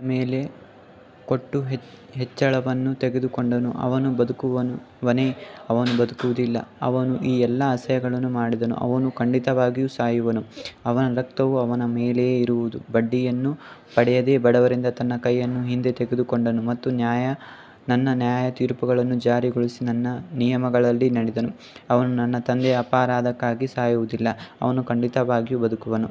ಬಡ್ಡಿಯ ಮೇಲೆ ಕೊಟ್ಟು ಹೆಚ್ಚಳವನ್ನು ತೆಗೆದುಕೊಂಡನು, ಅವನು ಬದುಕುವನೇ, ಅವನು ಬದುಕುವುದಿಲ್ಲ. ಅವನು ಈ ಎಲ್ಲಾ ಅಸಹ್ಯಗಳನ್ನು ಮಾಡಿದನು, ಅವನು ಖಂಡಿತವಾಗಿಯೂ ಸಾಯುವನು, ಅವನ ರಕ್ತವು ಅವನ ಮೇಲೆಯೇ ಇರುವುದು. ಬಡ್ಡಿಯನ್ನು ಪಡೆಯದೆ ಬಡವರಿಂದ ತನ್ನ ಕೈಯನ್ನು ಹಿಂದೆ ತೆಗೆದುಕೊಂಡನು ಮತ್ತು ನನ್ನ ನ್ಯಾಯತೀರ್ಪುಗಳನ್ನು ಜಾರಿಗೊಳಿಸಿ ನನ್ನ ನಿಯಮಗಳಲ್ಲಿ ನಡೆದನು, ಅವನು ತನ್ನ ತಂದೆಯ ಅಪರಾಧಕ್ಕಾಗಿ ಸಾಯುವುದಿಲ್ಲ, ಅವನು ಖಂಡಿತವಾಗಿಯೂ ಬದುಕುವನು.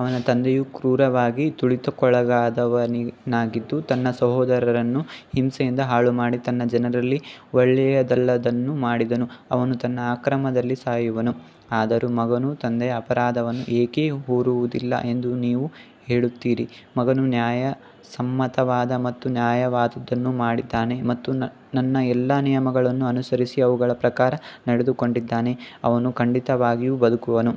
ಅವನ ತಂದೆಯು ಕ್ರೂರವಾಗಿ ತುಳಿತಕ್ಕೊಳಗಾದವನಾಗಿದ್ದು, ತನ್ನ ಸಹೋದರನನ್ನು ಹಿಂಸೆಯಿಂದ ಹಾಳುಮಾಡಿ ತನ್ನ ಜನರಲ್ಲಿ ಒಳ್ಳೆಯದಲ್ಲದ್ದನ್ನು ಮಾಡಿದನು, ಅವನು ತನ್ನ ಅಕ್ರಮದಲ್ಲಿ ಸಾಯುವನು. ಆದರೂ ಮಗನು ತಂದೆಯ ಅಪರಾಧವನ್ನು ಏಕೆ ಹೊರುವುದಿಲ್ಲ ಎಂದು ನೀವು ಹೇಳುತ್ತೀರಿ. ಮಗನು ನ್ಯಾಯಸಮ್ಮತವಾದ ಮತ್ತು ನ್ಯಾಯವಾದದ್ದನ್ನು ಮಾಡಿದ್ದಾನೆ ಮತ್ತು ನನ್ನ ಎಲ್ಲಾ ನಿಯಮಗಳನ್ನು ಅನುಸರಿಸಿ ಅವುಗಳ ಪ್ರಕಾರ ನಡೆದುಕೊಂಡಿದ್ದಾನೆ, ಅವನು ಖಂಡಿತವಾಗಿಯೂ ಬದುಕುವನು.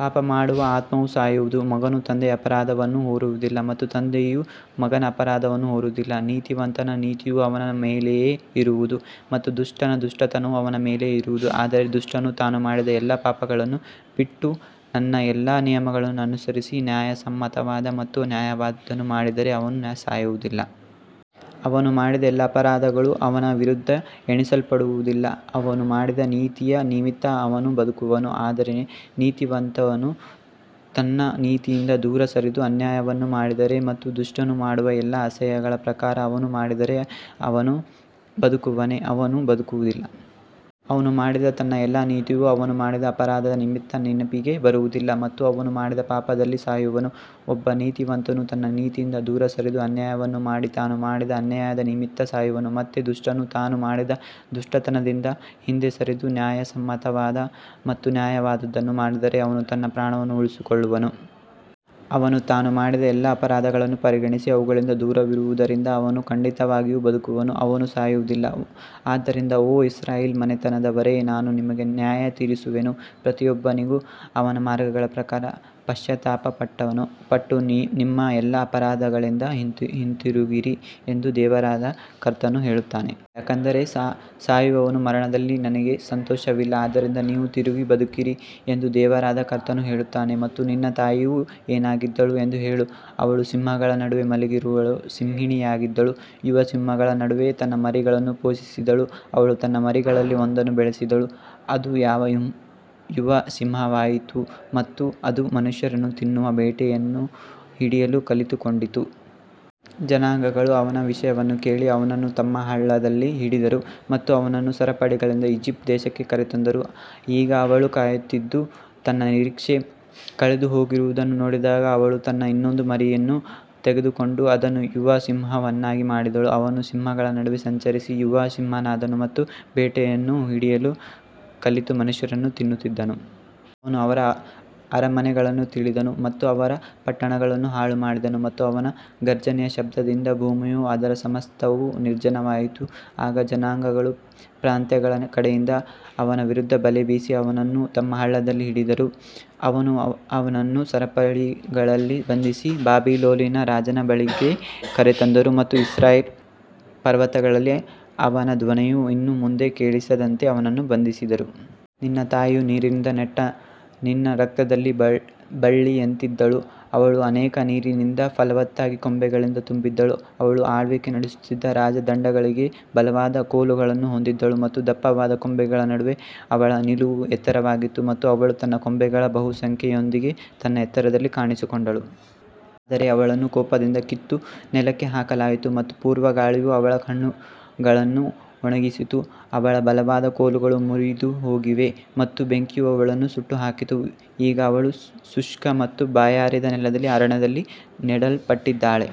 ಪಾಪ ಮಾಡುವ ಆತ್ಮವು ಸಾಯುವುದು. ಮಗನು ತಂದೆಯ ಅಪರಾಧವನ್ನು ಹೊರುವುದಿಲ್ಲ ಮತ್ತು ತಂದೆಯು ಮಗನ ಅಪರಾಧವನ್ನು ಹೊರುವುದಿಲ್ಲ. ನೀತಿವಂತನ ನೀತಿಯು ಅವನ ಮೇಲೆಯೇ ಇರುವುದು ಮತ್ತು ದುಷ್ಟನ ದುಷ್ಟತನವು ಅವನ ಮೇಲೆಯೇ ಇರುವುದು. ಆದರೆ ದುಷ್ಟನು ತಾನು ಮಾಡಿದ ಎಲ್ಲಾ ಪಾಪಗಳನ್ನು ಬಿಟ್ಟು ನನ್ನ ಎಲ್ಲಾ ನಿಯಮಗಳನ್ನು ಅನುಸರಿಸಿ ನ್ಯಾಯಸಮ್ಮತವಾದ ಮತ್ತು ನ್ಯಾಯವಾದದ್ದನ್ನು ಮಾಡಿದರೆ ಅವನು ಸಾಯುವುದಿಲ್ಲ. ಅವನು ಮಾಡಿದ ಎಲ್ಲಾ ಅಪರಾಧಗಳು ಅವನ ವಿರುದ್ಧ ಎಣಿಸಲ್ಪಡುವುದಿಲ್ಲ, ಅವನು ಮಾಡಿದ ನೀತಿಯ ನಿಮಿತ್ತ ಅವನು ಬದುಕುವನು. ಆದರೆ ನೀತಿವಂತನು ತನ್ನ ನೀತಿಯಿಂದ ದೂರ ಸರಿದು ಅನ್ಯಾಯವನ್ನು ಮಾಡಿದರೆ ಮತ್ತು ದುಷ್ಟನು ಮಾಡುವ ಎಲ್ಲಾ ಅಸಹ್ಯಗಳ ಪ್ರಕಾರ ಅವನು ಮಾಡಿದರೆ, ಅವನು ಬದುಕುವನೇ, ಅವನು ಬದುಕುವುದಿಲ್ಲ. ಅವನು ಮಾಡಿದ ತನ್ನ ಎಲ್ಲಾ ನೀತಿಯು ಅವನು ಮಾಡಿದ ಅಪರಾಧದ ನಿಮಿತ್ತ ನೆನಪಿಗೆ ಬರುವುದಿಲ್ಲ ಮತ್ತು ಅವನು ಮಾಡಿದ ಪಾಪದಲ್ಲಿ ಸಾಯುವನು. ಒಬ್ಬ ನೀತಿವಂತನು ತನ್ನ ನೀತಿಯಿಂದ ದೂರ ಸರಿದು ಅನ್ಯಾಯವನ್ನು ಮಾಡಿ ತಾನು ಮಾಡಿದ ಅನ್ಯಾಯದ ನಿಮಿತ್ತ ಸಾಯುವನು. ಮತ್ತೆ ದುಷ್ಟನು ತಾನು ಮಾಡಿದ ದುಷ್ಟತನದಿಂದ ಹಿಂದೆ ಸರಿದು ನ್ಯಾಯಸಮ್ಮತವಾದ ಮತ್ತು ನ್ಯಾಯವಾದದ್ದನ್ನು ಮಾಡಿದರೆ ಅವನು ತನ್ನ ಪ್ರಾಣವನ್ನು ಉಳಿಸಿಕೊಳ್ಳುವನು. ಅವನು ತಾನು ಮಾಡಿದ ಎಲ್ಲಾ ಅಪರಾಧಗಳನ್ನು ಪರಿಗಣಿಸಿ ಅವುಗಳಿಂದ ದೂರವಿರುವುದರಿಂದ ಅವನು ಖಂಡಿತವಾಗಿಯೂ ಬದುಕುವನು, ಅವನು ಸಾಯುವುದಿಲ್ಲ. ಆದ್ದರಿಂದ ಓ ಇಸ್ರಾಯೇಲ್ ಮನೆತನದವರೇ, ನಾನು ನಿಮಗೆ ನ್ಯಾಯತೀರಿಸುವೆನು, ಪ್ರತಿಯೊಬ್ಬನಿಗೂ ಅವನ ಮಾರ್ಗಗಳ ಪ್ರಕಾರ. ಪಶ್ಚಾತ್ತಾಪಪಟ್ಟು ನಿಮ್ಮ ಎಲ್ಲಾ ಅಪರಾಧಗಳಿಂದ ಹಿಂತಿರುಗಿರಿ ಎಂದು ದೇವರಾದ ಕರ್ತನು ಹೇಳುತ್ತಾನೆ. ಯಾಕಂದರೆ ಸಾಯುವವನ ಮರಣದಲ್ಲಿ ನನಗೆ ಸಂತೋಷವಿಲ್ಲ, ಆದ್ದರಿಂದ ನೀವು ತಿರುಗಿ ಬದುಕಿರಿ ಎಂದು ದೇವರಾದ ಕರ್ತನು ಹೇಳುತ್ತಾನೆ. ಮತ್ತು ನಿನ್ನ ತಾಯಿಯು ಏನಾಗಿದ್ದಳು ಎಂದು ಹೇಳು, ಅವಳು ಸಿಂಹಗಳ ನಡುವೆ ಮಲಗಿರುವ ಸಿಂಹಿಣಿಯಾಗಿದ್ದಳು, ಯುವ ಸಿಂಹಗಳ ನಡುವೆ ತನ್ನ ಮರಿಗಳನ್ನು ಪೋಷಿಸಿದಳು. ಅವಳು ತನ್ನ ಮರಿಗಳಲ್ಲಿ ಒಂದನ್ನು ಬೆಳೆಸಿದಳು, ಅದು ಯುವ ಸಿಂಹವಾಯಿತು ಮತ್ತು ಅದು ಮನುಷ್ಯರನ್ನು ತಿನ್ನುವ ಬೇಟೆಯನ್ನು ಹಿಡಿಯಲು ಕಲಿತುಕೊಂಡಿತು. ಜನಾಂಗಗಳು ಅವನ ವಿಷಯವನ್ನು ಕೇಳಿ ಅವನನ್ನು ತಮ್ಮ ಹಳ್ಳದಲ್ಲಿ ಹಿಡಿದರು ಮತ್ತು ಅವನನ್ನು ಸರಪಳಿಗಳಿಂದ ಈಜಿಪ್ಟ್ ದೇಶಕ್ಕೆ ಕರೆತಂದರು. ಈಗ ಅವಳು ಕಾಯುತ್ತಿದ್ದು, ತನ್ನ ನಿರೀಕ್ಷೆ ಕಳೆದುಹೋಗಿರುವುದನ್ನು ನೋಡಿದಾಗ, ಅವಳು ತನ್ನ ಇನ್ನೊಂದು ಮರಿಯನ್ನು ತೆಗೆದುಕೊಂಡು ಅದನ್ನು ಯುವ ಸಿಂಹವನ್ನಾಗಿ ಮಾಡಿದಳು. ಅವನು ಸಿಂಹಗಳ ನಡುವೆ ಸಂಚರಿಸಿ, ಯುವ ಸಿಂಹನಾದನು ಮತ್ತು ಬೇಟೆಯನ್ನು ಹಿಡಿಯಲು ಕಲಿತು ಮನುಷ್ಯರನ್ನು ತಿನ್ನುತ್ತಿದ್ದನು. ಅವನು ಅವರ ಅರಮನೆಗಳನ್ನು ತಿಳಿದನು ಮತ್ತು ಅವರ ಪಟ್ಟಣಗಳನ್ನು ಹಾಳುಮಾಡಿದನು ಮತ್ತು ಅವನ ಘರ್ಜನೆಯ ಶಬ್ದದಿಂದ ಭೂಮಿಯೂ ಅದರ ಸಮಸ್ತವೂ ನಿರ್ಜನವಾಯಿತು. ಆಗ ಜನಾಂಗಗಳು ಪ್ರಾಂತ್ಯಗಳ ಕಡೆಯಿಂದ ಅವನ ವಿರುದ್ಧ ಬಲೆ ಬೀಸಿ ಅವನನ್ನು ತಮ್ಮ ಹಳ್ಳದಲ್ಲಿ ಹಿಡಿದರು. ಅವರು ಅವನನ್ನು ಸರಪಳಿಗಳಲ್ಲಿ ಬಂಧಿಸಿ ಬಾಬಿಲೋನಿನ ರಾಜನ ಬಳಿಗೆ ಕರೆತಂದರು ಮತ್ತು ಇಸ್ರಾಯೇಲ್ ಪರ್ವತಗಳಲ್ಲಿ ಅವನ ಧ್ವನಿಯು ಇನ್ನು ಮುಂದೆ ಕೇಳಿಸದಂತೆ ಅವನನ್ನು ಬಂಧಿಸಿದರು. ನಿನ್ನ ತಾಯಿಯು ನೀರಿನಿಂದ ನೆಟ್ಟ ನಿನ್ನ ರಕ್ತದಲ್ಲಿ ಬಳ್ಳಿಯಂತಿದ್ದಳು, ಅವಳು ಅನೇಕ ನೀರಿನಿಂದ ಫಲವತ್ತಾಗಿ ಕೊಂಬೆಗಳಿಂದ ತುಂಬಿದ್ದಳು. ಅವಳು ಆಳ್ವಿಕೆ ನಡೆಸುತ್ತಿದ್ದ ರಾಜದಂಡಗಳಿಗೆ ಬಲವಾದ ಕೋಲುಗಳನ್ನು ಹೊಂದಿದ್ದಳು ಮತ್ತು ದಪ್ಪವಾದ ಕೊಂಬೆಗಳ ನಡುವೆ ಅವಳ ನಿಲುವು ಎತ್ತರವಾಗಿತ್ತು ಮತ್ತು ಅವಳು ತನ್ನ ಕೊಂಬೆಗಳ ಬಹುಸಂಖ್ಯೆಯೊಂದಿಗೆ ತನ್ನ ಎತ್ತರದಲ್ಲಿ ಕಾಣಿಸಿಕೊಂಡಳು. ಆದರೆ ಅವಳನ್ನು ಕೋಪದಿಂದ ಕಿತ್ತು ನೆಲಕ್ಕೆ ಹಾಕಲಾಯಿತು ಮತ್ತು ಪೂರ್ವಗಾಳಿಯು ಅವಳ ಹಣ್ಣುಗಳನ್ನು ಒಣಗಿಸಿತು, ಅವಳ ಬಲವಾದ ಕೋಲುಗಳು ಮುರಿದುಹೋಗಿವೆ ಮತ್ತು ಬೆಂಕಿಯು ಅವುಗಳನ್ನು ಸುಟ್ಟುಹಾಕಿತು. ಈಗ ಅವಳು ಶುಷ್ಕ ಮತ್ತು ಬಾಯಾರಿದ ನೆಲದಲ್ಲಿ ಅರಣ್ಯದಲ್ಲಿ ನೆಡಲ್ಪಟ್ಟಿದ್ದಾಳೆ.